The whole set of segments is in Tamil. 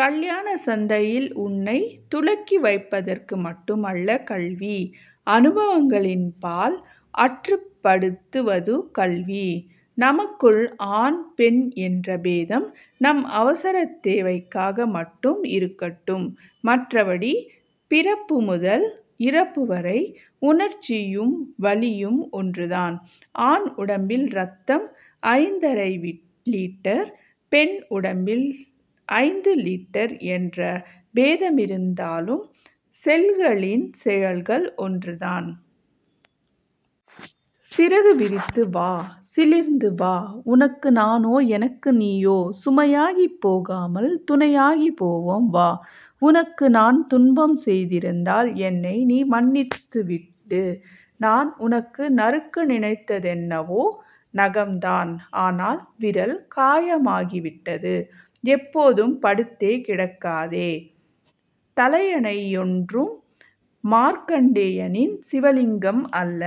கல்யாணச் சந்தையில் உன்னைத் துலக்கிவைப்பதற்கு மட்டுமல்ல கல்வி. அனுபவங்களின்பால் ஆற்றுப்படுத்துவது கல்வி. நமக்குள் ஆண் பெண் என்ற பேதம் நம் அவசரத்தேவைக்காக மட்டும் இருக்கட்டும். மற்றபடி பிறப்புமுதல் இறப்புவரை உணர்ச்சியும் வலியும் ஒன்றுதான். ஆண் உடம்பில் ரத்தம் ஐந்தரை லிட்டர். பெண் உடம்பில் ஐந்து லிட்டர் என்ற பேதமிருந்தாலும் செல்களின் செயல்கள் ஒன்றுதான். சிறகு விரித்து வா. சிலிர்ந்து வா. உனக்கு நானோ எனக்கு நீயோ சுமையாகிப் போகாமல் துணையாகிப் போவோம் வா. உனக்கு நான் துன்பம் செய்திருந்தால் என்னை நீ மன்னித்துவிடு நான் உனக்கு நறுக்க நினைத்தென்னவோ நகம்தான். ஆனால், விரல் காயமாகிவிட்டது. எப்போதும் படுத்தே கிடக்காதே. தலையணையொன்றும் மார்க்கண்டேயனின் சிவலிங்கம் அல்ல.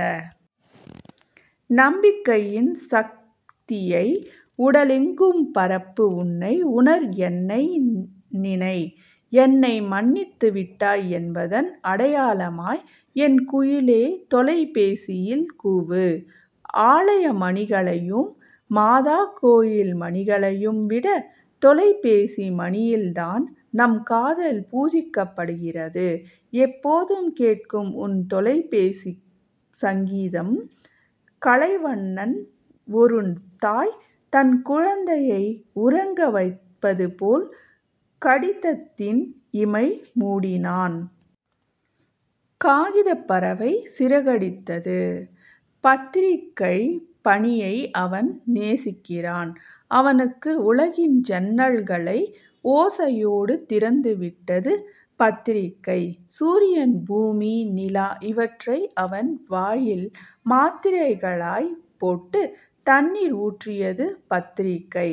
நம்பிக்கையின் சக்தியை உடலெங்கும் பரப்பு உன்னை உணர் என்னை நினை. என்னை மன்னித்துவிட்டாய் என்பதன் அடையாளமாய் என் குயிலே தொலைபேசியில் கூவு. ஆலயமணிகளையும் மாதாகோயில் மணிகளையும் விட தொலைபேசி மணியில்தான் நம் காதல் பூஜிக்கப்படுகிறது. எப்போது கேட்கும் உன் தொலைபேசிச் சங்கீதம்? கலைவண்ணன் ஒருதாய் தன் குழந்தையை உறங்கவைப்பது போல் கடிதத்தின் இமை மூடினான். காகிதப் பறவை சிறகடித்தது. பத்திரிகைப் பணியை அவன் நேசிக்கிறான். அவனுக்கு உலகின் ஜன்னல்களை ஓசையோடு திறந்துவிட்டது பத்திரிகை. சூரியன் பூமி நிலா இவற்றை அவன் வாயில் மாத்திரைகளாய்ப் போட்டு தண்ணீர் ஊற்றியது பத்திரிகை.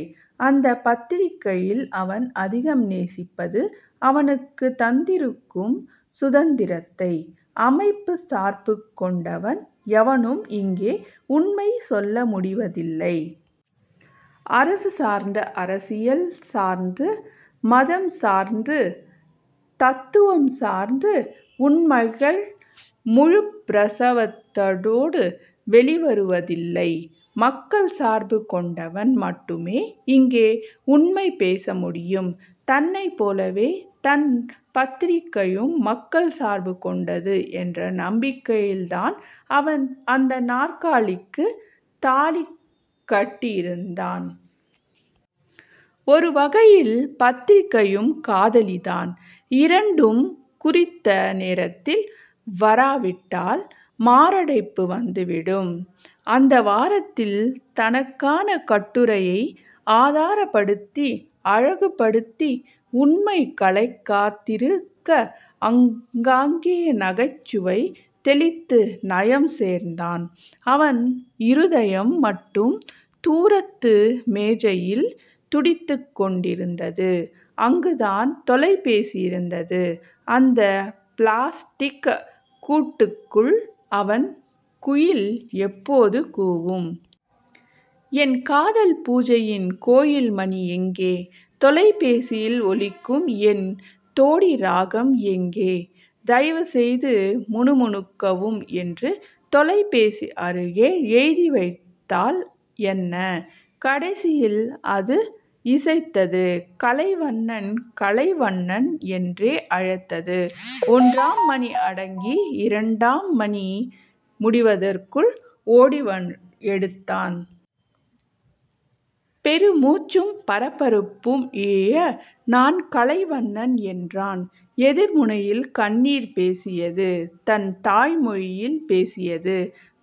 அந்தப் பத்திரிகையில் அவன் அதிகம் நேசிப்பது அவனுக்குத் தந்திருக்கும் சுதந்திரத்தை. அமைப்புச் சார்புகொண்டவன் எவனும் இங்கே உண்மை சொல்லமுடிவதில்லை. அரசு சார்ந்து அரசியல் சார்ந்து மதம் சார்ந்து தத்துவம் சார்ந்து உண்மைகள் முழுப்பிரசவத்தோடு வெளிவருவதில்லை. மக்கள் சார்பு கொண்டவன் மட்டுமே இங்கே உண்மை பேச முடியும். தன்னைப் போலவே தன் பத்திரிகையும் மக்கள் சார்பு கொண்டது என்ற நம்பிக்கையில்தான் அவன் அந்த நாற்காலிக்குத் தாலிக் கட்டியிருந்தான். ஒருவகையில் பத்திரிகையும் காதலிதான். இரண்டும் குறித்த நேரத்தில் வராவிட்டால் மாரடைப்பு வந்துவிடும். அந்த வாரத்தில் தனக்கான கட்டுரையை ஆதாரப்படுத்தி அழகுபடுத்தி உண்மை களைக்காதிருக்க அங்காங்கே நகைச்சுவை தெளித்து நயம் சேர்ந்தான். அவன் இருதயம் மட்டும் தூரத்து மேஜையில் துடித்துக் கொண்டிருந்தது. அங்குதான் தொலைபேசி இருந்தது. அந்த பிளாஸடிக் கூட்டுக்குள் அவன் குயில் எப்போது கூவும்? என் காதல் பூஜையின் கோயில்மணி எங்கே? தொலைபேசியில் ஒலிக்கும் என் தோடி ராகம் எங்கே? தயவுசெய்து முணுமுணுக்கவும் என்று தொலைபேசி அருகே எழுதிவைத்தால் என்ன? கடைசியில் அது இசைத்தது கலைவண்ணன் கலைவண்ணன் என்றே அழைத்தது. ஒன்றாம் மணி அடங்கி இரண்டாம் மணி முடிவதற்குள் ஓடி எடுத்தான். பெருமூச்சும் பரபரப்பும் இழைய நான் கலைவண்ணன் என்றான். எதிர்முனையில் கண்ணீர் பேசியது தன் தாய்மொழியில் பேசியது.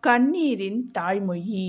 கண்ணீரின் தாய்மொழி